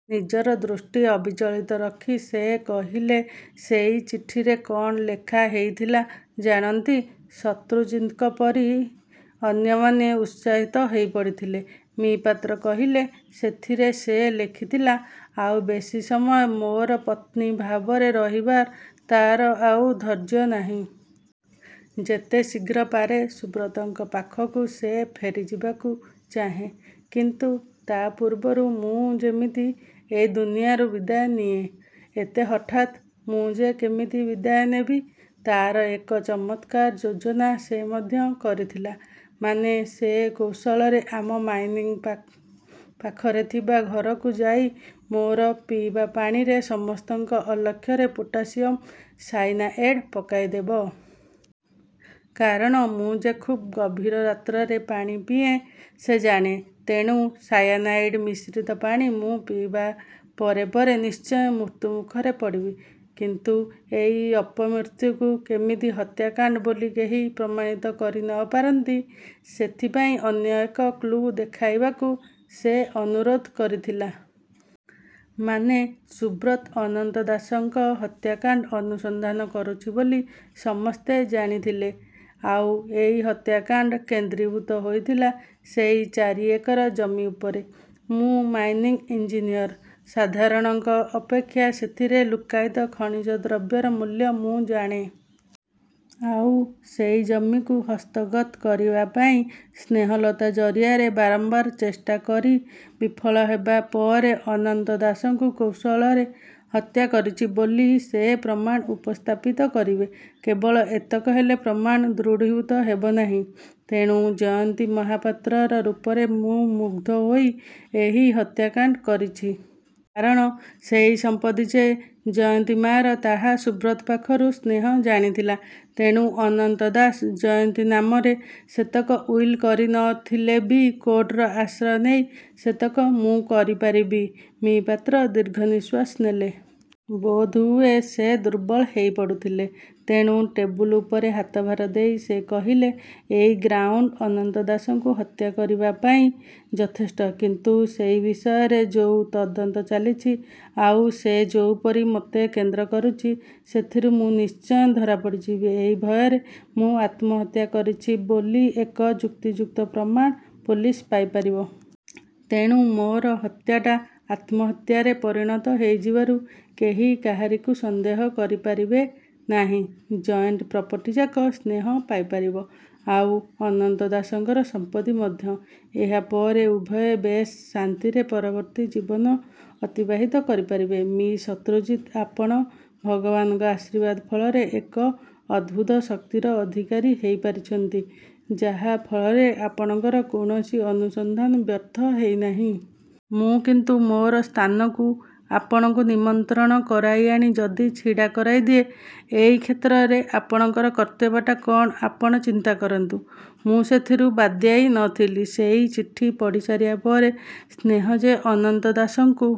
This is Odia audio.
ନିଜର ଦୃଷ୍ଟି ଅବିଚଳିତ ରଖି ସେ କହିଲେ, 'ସେଇ ଚିଠିରେ କ'ଣ ଲେଖା ହେଇଥିଲା ଜାଣନ୍ତି? ' 'ଶତ୍ରୁଜିତଙ୍କ ପରି ଅନ୍ୟମାନେ ଉତ୍ସାହିତ ହେଇପଡ଼ିଥିଲେ। ମି:ପାତ୍ର କହିଲେ, 'ସେଥିରେ ସେ ଲେଖିଥିଲା-ଆଉ ବେଶୀ ସମୟ ମୋର ପତ୍ନୀ ଭାବରେ ରହିବାର ତାର ଆଉ ଧୈର୍ଯ୍ୟ ନାହିଁ। ଯେତେ ଶୀଘ୍ର ପାରେ ସୁବ୍ରତଙ୍କ ପାଖକୁ ସେ ଫେରିଯିବାକୁ ଚାହେଁ। କିନ୍ତୁ ତା' ପୂର୍ବରୁ ମୁଁ ଯେମିତି ଏ ଦୁନିଆରୁ ବିଦାୟ ନିଏଁ। ଏତେ ହଠାତ୍ ମୁଁ ଯେ କେମିତି ବିଦାୟ ନେବି, ତା'ର ଏକ ଚମତ୍କାର ଯୋଜନା ସେ ମଧ୍ୟ କରିଥିଲା। ମାନେ, ସେ କୌଶଳରେ ଆମ ମାଇନିଂ ପାଖରେ ଥିବା ଘରକୁ ଯାଇ ମୋର ପିଇବା ପାଣିରେ ସମସ୍ତଙ୍କ ଅଲକ୍ଷ୍ୟରେ ପୋଟାସିଅମ ସାଇନାଏଡ଼୍ ପକାଇଦେବ। କାରଣ ମୁଁ ଯେ ଖୁବ୍ ଗଭୀର ରାତ୍ରରେ ପାଣି ପିଏଁ, ସେ ଜାଣେ। ତେଣୁ ସାୟାନାଇଡ଼୍ ମିଶ୍ରିତ ପାଣି ମୁଁ ପିଇବା ପରେ ପରେ ନିଶ୍ଚୟ ମୃତ୍ୟୁ ମୁଖରେ ପଡ଼ିବି। କିନ୍ତୁ ଏଇ ଅପମୃତ୍ୟୁକୁ କେମିତି ହତ୍ୟାକାଣ୍ଡ ବୋଲି କେହି ପ୍ରମାଣିତ କରି ନ ପାରନ୍ତି ସେଥିପାଇଁ ଅନ୍ୟ ଏକ କ୍ଳୁ ଦେଖାଇବାକୁ ସେ ଅନୁରୋଧ କରିଥିଲା। ' 'ମାନେ? ' 'ସୁବ୍ରତ ଅନନ୍ତ ଦାସଙ୍କ ହତ୍ୟାକାଣ୍ଡ ଅନୁସନ୍ଧାନ କରୁଛି ବୋଲି ସମସ୍ତେ ଜାଣିଥିଲେ। ଆଉ ଏଇ ହତ୍ୟାକାଣ୍ଡ କେନ୍ଦ୍ରୀଭୂତ ହେଇଥିଲା ସେଇ ଚାରି ଏକର ଜମି ଉପରେ। ମୁଁ ମାଇନିଂ ଇଞ୍ଜିନିୟର। ସାଧାରଣଙ୍କ ଅପେକ୍ଷା ସେଥିର ଲୁକ୍କାୟିତ ଖଣିଜ ଦ୍ରବ୍ୟର ମୂଲ୍ୟ ମୁଁ ଜାଣେ। ଆଉ ସେଇ ଜମିକୁ ହସ୍ତଗତ କରିବାପାଇଁ ସ୍ନେହଲତା ଜରିଆରେ ବାରମ୍ବାର ଚେଷ୍ଟା କରି ବିଫଳ ହେବା ପରେ ଅନନ୍ତ ଦାସଙ୍କୁ କୌଶଳରେ ହତ୍ୟା କରିଛି ବୋଲି ସେ ପ୍ରମାଣ ଉପସ୍ଥାପିତ କରିବେ। କେବଳ ଏତକ ହେଲେ ପ୍ରମାଣ ଦୃଢ଼ୀଭୂତ ହେବ ନାହିଁ। ତେଣୁ ଜୟନ୍ତୀ ମହାପାତ୍ରର ରୂପରେ ମୁଁ ମୁଗ୍ଧ ହୋଇ ଏହି ହତ୍ୟାକାଣ୍ଡ କରିଛି। କାରଣ ସେଇ ସମ୍ପତ୍ତି ଯେ ଜୟନ୍ତୀ ମାଆର ତାହା ସୁବ୍ରତ ପାଖରୁ ସ୍ନେହ ଜାଣିଥିଲା। ତେଣୁ ଅନନ୍ତ ଦାସ ଜୟନ୍ତୀ ନାମରେ ସେତକ ଉଇଲ କରି ନ। ଥିଲେ ବି କୋର୍ଟର ଆଶ୍ରୟ ନେଇ ସେତକ ମୁଁ କରିପାରିବି। ମି: ପାତ୍ର ଦୀର୍ଘ ନିଶ୍ୱାସ ନେଲେ। ବୋଧହୁଏ ସେ ଦୁର୍ବଳ ହେଇପଡ଼ୁଥିଲେ। ତେଣୁ ଟେବୁଲ ଉପରେ ହାତଭାର ଦେଇ ସେ କହିଲେ,'ଏଇ ଗ୍ରାଉଣ୍ଡ ଅନନ୍ତ ଦାସଙ୍କୁ ହତ୍ୟା କରିବାପାଇଁ ଯଥେଷ୍ଟ। କିନ୍ତୁ ସେଇ ବିଷୟରେ ଯୋଉ ତଦନ୍ତ ଚାଲିଛି, ଆଉ ସେ ଯୋଉପରି ମୋତେ କେନ୍ଦ୍ର କରୁଛି, ସେଥିରୁ ମୁଁ ନିଶ୍ଚୟ ଧରାପଡ଼ିଯିବି ଏଇ ଭୟରେ ମୁଁ ଆତ୍ମହତ୍ୟା କରିଛି ବୋଲି ଏକ ଯୁକ୍ତିଯୁକ୍ତ ପ୍ରମାଣ ପୋଲିସ ପାଇପାରିବ। ତେଣୁ ମୋର ହତ୍ୟାଟା ଆତ୍ମହତ୍ୟାରେ ପରିଣତ ହେଇଯିବାରୁ କେହି କାହାରିକୁ ସନ୍ଦେହ କରିପାରିବେ ନାହିଁ। ଜଏଣ୍ଟ ପ୍ରପର୍ଟିଯାକ ସ୍ନେହ ପାଇପାରିବ, ଆଉ ଅନନ୍ତ ଦାସଙ୍କର ସମ୍ପତ୍ତି ମଧ୍ୟ। ଏହା ପରେ ଉଭୟେ ବେଶ୍ ଶାନ୍ତିରେ ପରବର୍ତ୍ତୀ ଜୀବନ ଅତିବାହିତ କରିପାରିବେ। 'ମି: ଶତ୍ରୁଜିତ ଆପଣ ଭଗବାନଙ୍କ ଆଶୀର୍ବାଦ ଫଳରେ ଏକ ଅଭୂତ ଶକ୍ତିର ଅଧିକାରୀ ହେଇପାରିଛନ୍ତି, ଯାହା ଫଳରେ ଆପଣଙ୍କର କୌଣସି ଅନୁସନ୍ଧାନ ବ୍ୟର୍ଥ ହେଇନାହିଁ। ମୁଁ କିନ୍ତୁ ମୋର ସ୍ଥାନକୁ ଆପଣଙ୍କୁ ନିମନ୍ତ୍ରଣ କରାଇଆଣି ଯଦି ଛିଡ଼ା କରାଇଦିଏ। ଏଇ କ୍ଷେତ୍ରରେ ଆପଣଙ୍କର କର୍ତ୍ତବ୍ୟଟା କ'ଣ ଆପଣ ଚିନ୍ତା କରନ୍ତୁ। ମୁଁ ସେଥିରୁ ବାଦ୍ଯାଇ ନ ଥିଲି। ସେଇ ଚିଠି ପଢ଼ିସାରିବାପରେ ସ୍ନେହ ଯେ ଅନନ୍ତ ଦାସଙ୍କୁ